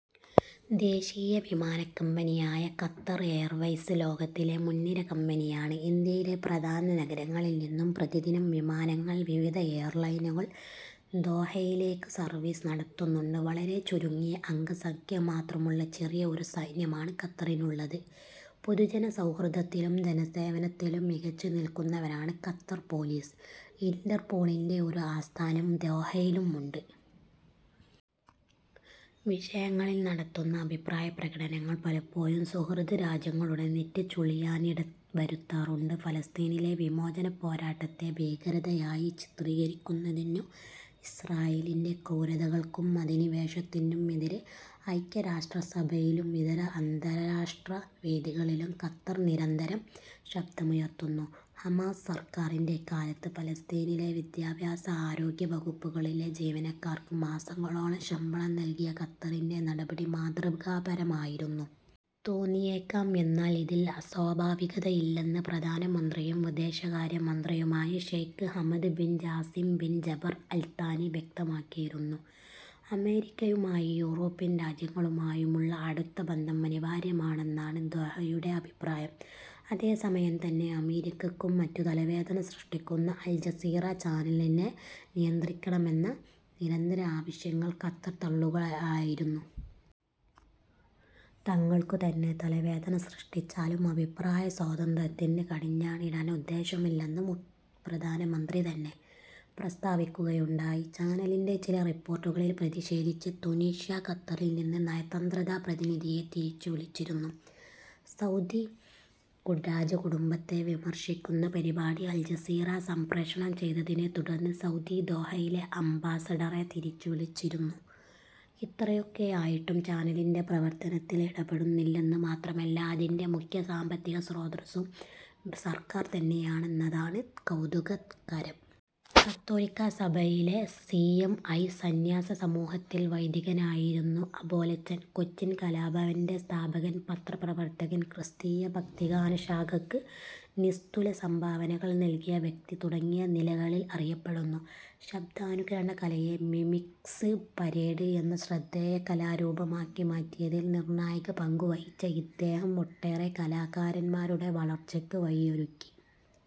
ദേശീയ വിമാനക്കമ്പനിയായ Qatar Airways ലോകത്തിലെ മുൻനിര കമ്പനിയാണ്. ഇന്ത്യയിലെ പ്രധാന നഗരങ്ങളിൽ നിന്നും പ്രതിദിനം വിമാനങ്ങൾ വിവിധ എയർലൈനുകൾ ദോഹയിലേക്കു സർവീസ് നടത്തുന്നുണ്ട്. വളരെ ചുരുങ്ങിയ അംഗസംഖ്യ മാത്രമുള്ള ചെറിയ ഒരു സൈന്യമാണ് ഖത്തറിനുള്ളത്. പൊതുജന സൗഹൃദത്തിലും ജനസേവനത്തിലും മികച്ചുനിൽക്കുന്നവരാണ് ഖത്തർ പോലീസ്. ഇന്റെർ പോളിന്റെ ഒരു ആസ്ഥാനം ദോഹയിലുണ്ട്. വിഷയങ്ങളിൽ നടത്തുന്ന അഭിപ്രായപ്രകടനങ്ങൾ പലപ്പോഴും സുഹൃദ് രാജ്യങ്ങളുടെ നെറ്റിചുളിയാനിടവരുത്താറുണ്ട്. ഫലസ്തീനിലെ വിമോചനപോരാട്ടത്തെ ഭീകരതയായി ചിത്രീകരിക്കുന്നതിനും ഇസ്രായേലിന്റെ ക്രൂരതകൾക്കും അധിനിവേശത്തിനും എതിരെ ഐക്യരാഷ്ട്രസഭയിലും ഇതര അന്താരാഷ്ട്രവേദികളിലും ഖത്തർ നിരന്തരം ശബ്ദമുയർത്തുന്നു. ഹമാസ് സർക്കാറിന്റെ കാലത്ത്ഫലസ്തീനിലെ വിദ്യാഭ്യാസ, ആരോഗ്യ വകുപ്പുകളിലെ ജീവനക്കാർക്ക് മാസങ്ങളോളം ശമ്പളം നൽകിയ ഖത്തറിന്റെ നടപടി മാതൃകാപരമായിരുന്നു. തോന്നിയേക്കാം. എന്നാൽ ഇതിൽ അസ്വാഭാവികതയില്ലെന്ന് പ്രധാനമന്ത്രിയും വിദേശകാര്യ മന്ത്രിയുമായ Sheikh Hamad bin Jassim bin Jaber Al Thani വ്യക്തമാക്കിയിരുന്നു. അമേരിക്കയുമായും യൂറോപ്യൻ രാജ്യങ്ങളുമായുമുള്ള അടുത്ത ബന്ധം അനിവാര്യമാണെന്നാണ് ദോഹയുടെ അഭിപ്രായം. അതേസമയം തന്നെ അമേരിക്കക്കും മറ്റും തലവേദന സൃഷ്ടിക്കുന്ന അൽജസീറ ചാനലിനെനിയന്ത്രിക്കണമെന്ന നിരന്തര ആവശ്യങ്ങൾ ഖത്തർ തള്ളുകയായിരുന്നു. തങ്ങൾക്കുതന്നെ തലവേദനസൃഷ്ടിച്ചാലും അഭിപ്രായ സ്വാതന്ത്ര്യത്തിന് കടിഞ്ഞാണിടാൻ ഉദ്ദേശ്യമില്ലെന്ന് പ്രധാനമന്ത്രി തന്നെ പ്രസ്താവിക്കുകയുണ്ടായി. ചാനലിന്റെ ചില റിപ്പോർട്ടുകളിൽ പ്രതിഷേധിച്ച് തുനീഷ്യ ഖത്തറിൽ നിന്ന് നയതന്ത്ര പ്രതിനിധിയെ തിരിച്ചുവിളിച്ചിരുന്നു. സൗദി രാജകുടുംബത്തെ വിമർശിക്കുന്ന പരിപാടി അൽജസീറ സംപ്രേഷണം ചെയ്തതിനെ തുടർന്ന് സൗദി ദോഹയിലെ അംബാസഡറെ തിരിച്ചുവിളിച്ചിരുന്നു. ഇത്രയൊക്കെയായിട്ടും ചാനലിന്റെ പ്രവർത്തനത്തിൽ ഇടപെടുന്നില്ലെന്ന് മാത്രമല്ല, അതിന്റെ മുഖ്യ സാമ്പത്തിക സ്രോതസ്സും സർക്കാർ തന്നെയാണെന്നതാണ് കൗതുകകരം. കത്തോലിക്കാ സഭയിലെ സി. എം. ഐ. സന്യാസ സമൂഹത്തിൽ വൈദികനായിരുന്നു ആബേലച്ചൻ. കൊച്ചിൻ കലാഭവന്റെ സ്ഥാപകൻ, പത്രപ്രവർത്തകൻ, ക്രിസ്തീയ ഭക്തിഗാന ശാഖക്ക് നിസ്തുല സംഭാവനകൾ നൽകിയ വ്യക്തി തുടങ്ങിയ നിലകളിൾ അറിയപ്പെടുന്നു. ശബ്ദാനുകരണ കലയെ മിമിക്സ് പരേഡ് എന്ന ശ്രദ്ധേയ കലാരൂപമാക്കി മാറ്റിയതിൽ നിർണായക പങ്കുവഹിച്ച ഇദ്ദേഹം ഒട്ടേറെ കലാകാരൻമാരുടെ വളർച്ചക്ക് വഴിയൊരുക്കി.